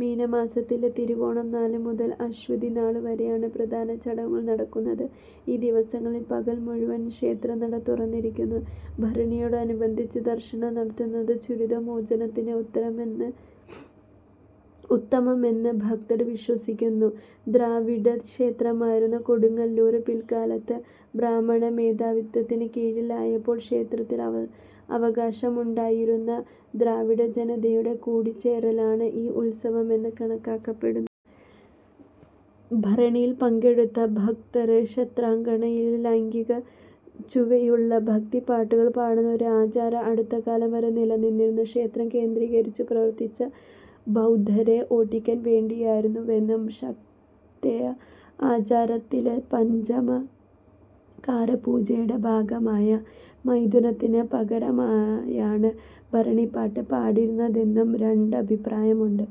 മീനമാസത്തിലെ തിരുവോണം നാൾ മുതൽ അശ്വതി നാൾ വരെയാണ് പ്രധാന ചടങ്ങുകൾ നടക്കുന്നത്. ഈ ദിവസങ്ങളിൽ പകൽ മുഴുവൻ ക്ഷേത്രനട തുറന്നിരിക്കുന്നു. ഭരണിയോടനുബന്ധിച്ചു ദർശനം നടത്തുന്നത് ദുരിതമോചനത്തിന് ഉത്തമമെന്ന് ഭക്തർ വിശ്വസിക്കുന്നു. ദ്രാവിഡ ക്ഷേത്രമായിരുന്ന കൊടുങ്ങല്ലൂർ പിൽക്കാലത്ത് ബ്രാഹ്മണ മേധാവിത്വത്തിന് കീഴിലായപ്പോൾ ക്ഷേത്രത്തിൽ അവകാശമുണ്ടായിരുന്ന ദ്രാവിഡ ജനതയുടെ കൂടിച്ചേരലാണ് ഈ ഉത്സവം എന്ന് കണക്കാക്കപ്പെടുന്നു. ഭരണിയിൽ പങ്കെടുക്കുന്ന ഭക്തർ ക്ഷേത്രാങ്കണത്തിൽ ലൈംഗികച്ചുവയുള്ള ഭക്തിപ്പാട്ടുകൾ പാടുന്ന ഒരു ആചാരം അടുത്തകാലം വരെ നിലനിന്നിരുന്നു. ക്ഷേത്രം കേന്ദ്രീകരിച്ചു പ്രവർത്തിച്ച ബൗദ്ധരെ ഓടിക്കാൻ വേണ്ടിയായിരുന്നുവെന്നും; ശാക്തേയ ആചാരത്തിലെ പഞ്ചമകാരപൂജയുടെ ഭാഗമായ മൈഥുനത്തിന് പകരമായാണ് ഭരണിപാട്ട് പാടിയിരുന്നതെന്നും രണ്ടഭിപ്രായമുണ്ട്.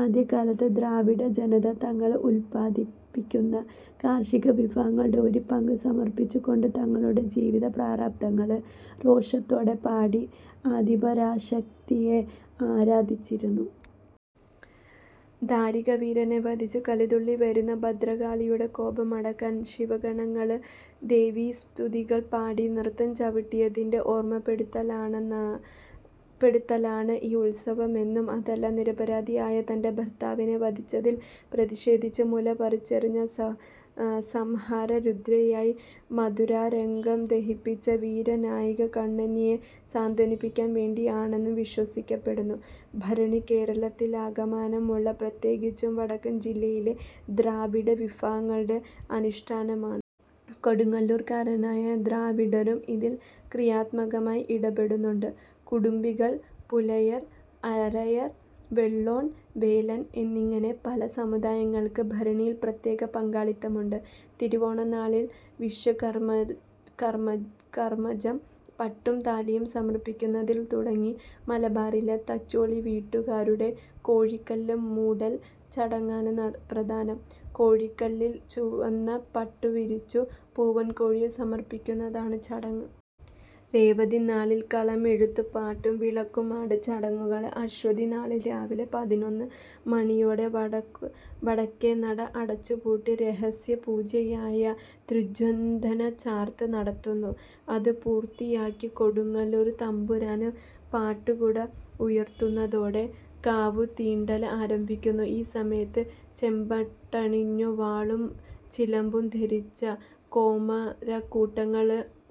ആദ്യകാലത്തു ദ്രാവിഡജനത തങ്ങൾ ഉത്പാദിപ്പിക്കുന്ന കാർഷിക വിഭവങ്ങളുടെ ഒരു പങ്ക് സമർപ്പിച്ചുകൊണ്ട് തങ്ങളുടെ ജീവിത പ്രാരാബ്ധങ്ങൾ രോഷത്തോടെ പാടി ആദിപരാശക്തിയെ ആരാധിച്ചിരുന്നു. ദാരികവീരനെ വധിച്ചു കലിതുള്ളി വരുന്ന ഭദ്രകാളിയുടെ കോപമടക്കാൻ ശിവഗണങ്ങൾ ദേവീസ്തുതികൾ പാടി നൃത്തം ചവിട്ടിയതിന്റെ ഓർമപ്പെടുത്തലാണ് ഈ ഉത്സവം എന്നും; അതല്ല നിരപരാധിയായ തന്റെ ഭർത്താവിനെ വധിച്ചതിൽ പ്രതിഷേധിച്ചു മുലപറിച്ചെറിഞ്ഞു സംഹാരരുദ്രയായി മധുരാനഗരം ദഹിപ്പിച്ച വീരനായിക കണ്ണകിയെ സാന്ത്വനിപ്പിക്കാൻ വേണ്ടി ആണെന്നും വിശ്വസിക്കപ്പെടുന്നു. ഭരണി കേരളത്തിലാകമാനമുള്ള, പ്രത്യേകിച്ചും വടക്കൻ ജില്ലകളിലെ ദ്രാവിഡ വിഭാഗങ്ങളുടെ അനുഷ്ഠാനമാണ്. കൊടുങ്ങല്ലൂർക്കാരായ ദ്രാവിഡരും ഇതിൽ ക്രിയാത്മകമായി ഇടപെടുന്നുണ്ട്. കുടുംബികൾ, പുലയർ, അരയർ, വള്ളോൻ, വേലൻ എന്നിങ്ങനെ പല സമുദായങ്ങൾക്ക് ഭരണിയിൽ പ്രത്യേക പങ്കാളിത്തമുണ്ട്. തിരുവോണം നാളിൽ വിശ്വകർമ്മജർ പട്ടും താലിയും സമർപ്പിക്കുന്നതിൽ തുടങ്ങി മലബാറിലെ തച്ചോളി വീട്ടുകാരുടെ "കോഴിക്കല്ല് മൂടൽ" ചടങ്ങാണ് പ്രധാനം. കോഴിക്കല്ലിൽ ചുവന്ന പട്ടു വിരിച്ചു പൂവൻകോഴിയെ സമർപ്പിക്കുന്നതാണ് ചടങ്ങ്. രേവതി നാളിൽ കളമെഴുത്തു പാട്ടും വിളക്കും ആണ് ചടങ്ങുകൾ. അശ്വതി നാളിൽ രാവിലെ പതിനൊന്ന് മണിയോടെ വടക്കേനട അടച്ചുപൂട്ടി രഹസ്യപൂജയായ "തൃച്ചന്ദനചാർത്ത്" നടത്തുന്നു. ഇത് പൂർത്തിയാക്കി കൊടുങ്ങല്ലൂർ തമ്പുരാൻ പട്ടുകുട ഉയർത്തുന്നതോടെ "കാവ് തീണ്ടൽ" ആരംഭിക്കുന്നു. ഈ സമയത്ത് ചെമ്പട്ടണിഞ്ഞു വാളും ചിലമ്പും ധരിച്ച കോമരക്കൂട്ടങ്ങൾ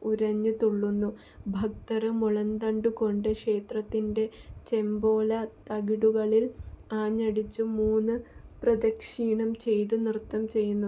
ഉറഞ്ഞു തുള്ളുന്നു; ഭക്തർ മുളന്തണ്ടു കൊണ്ട് ക്ഷേത്രത്തിന്റെ ചെമ്പോല തകിടുകളിൽ ആഞ്ഞടിച്ചു മൂന്ന് പ്രദക്ഷിണം ചെയ്തു നൃത്തം ചെയ്യുന്നു.